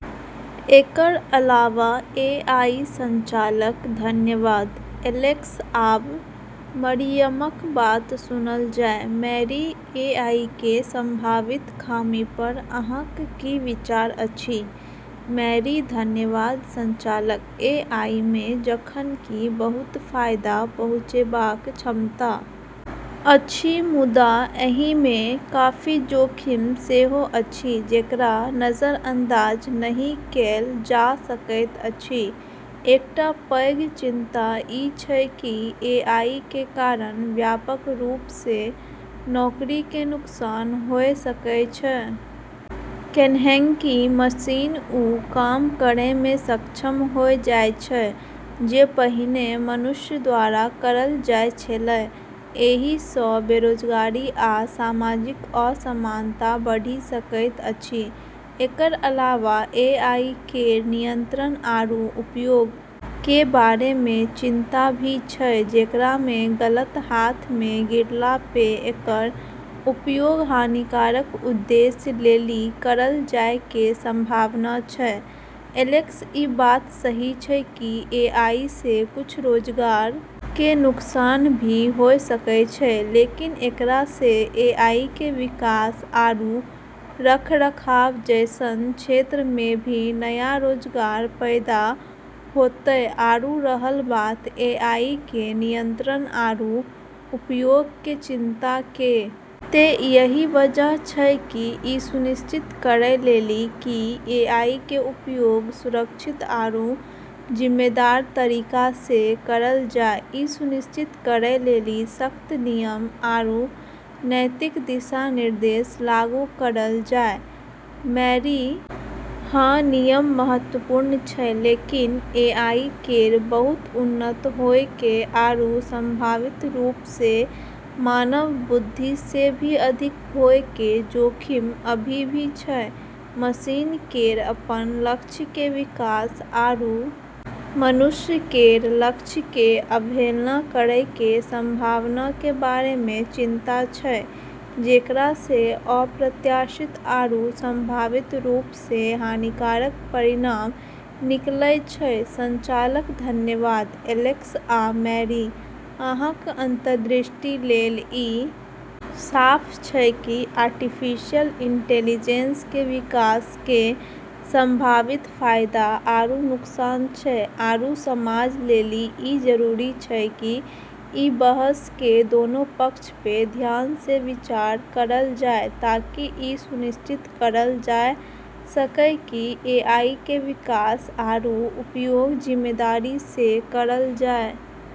एकरऽ अलावा A I संचालक धन्यवाद, एलेक्स, आब मरियमक बात सुनल जाय, मैरी एआई के संभावित खामी पर अहाँक की विचार अछि? मैरी धन्यवाद संचालक, एआई मे जखन कि बहुत फायदा पहुंचेबाक क्षमता अछि मुदा एहि मे काफी जोखिम सेहो अछि जेकरा नजरअंदाज नहि कैल जा सकैत अछि, एकटा पैघ चिंता ई छै कि एआई के कारण व्यापक रूप से नौकरी के नुकसान होय सकै छै, कैन्हेंकि मशीन उ काम करै मे सक्षम होय जाय छै जे पहिने मनुष्य द्वारा करलऽ जाय छेलै, एहि स बेरोजगारी आ सामाजिक असमानता बढ़ि सकैत अछि, एकरऽ अलावा एआई केरऽ नियंत्रण आरू उपयोग के बारे मे चिंता भी छै जेकरा मे गलत हाथऽ मे गिरला पे एकरऽ उपयोग हानिकारक उद्देश्य लेली करलऽ जाय के संभावना छै, एलेक्स ई बात सही छै कि एआई से कुछ रोजगार के नुकसान भी होय सकै छै लेकिन एकरा से एआई के विकास आरू रखरखाव जैसनऽ क्षेत्र मे भी नया रोजगार पैदा होतै आरू रहल बात एआई के नियंत्रण आरू उपयोग के चिंता के तै यही वजह छै कि ई सुनिश्चित करै लेली कि एआई के उपयोग सुरक्षित आरू जिम्मेदार तरीका से करलऽ जाय, ई सुनिश्चित करै लेली सख्त नियम आरू नैतिक दिशा-निर्देश लागू करलऽ जाय, मैरी हाँ, नियम महत्वपूर्ण छै लेकिन एआई केरऽ बहुत उन्नत होय के आरू संभावित रूप से मानव बुद्धि से भी अधिक होय के जोखिम अभी भी छै, मशीन केरऽ अपनऽ लक्ष्य के विकास आरू मनुष्य केरऽ लक्ष्य के अवहेलना करै के संभावना के बारे मे चिंता छै, जेकरा से अप्रत्याशित आरू संभावित रूप से हानिकारक परिणाम निकलै छै, संचालक धन्यवाद, एलेक्स आ मैरी, अहाँक अंतर्दृष्टि लेल ई साफ छै कि आर्टिफिशियल इंटेलिजेंस के विकास के संभावित फायदा आरू नुकसान छै आरू समाज लेली ई जरूरी छै कि ई बहस के दोनों पक्ष पे ध्यान से विचार करलऽ जाय ताकि ई सुनिश्चित करलऽ जाय सके कि एआई के विकास आरू उपयोग जिम्मेदारी से करलऽ जाय।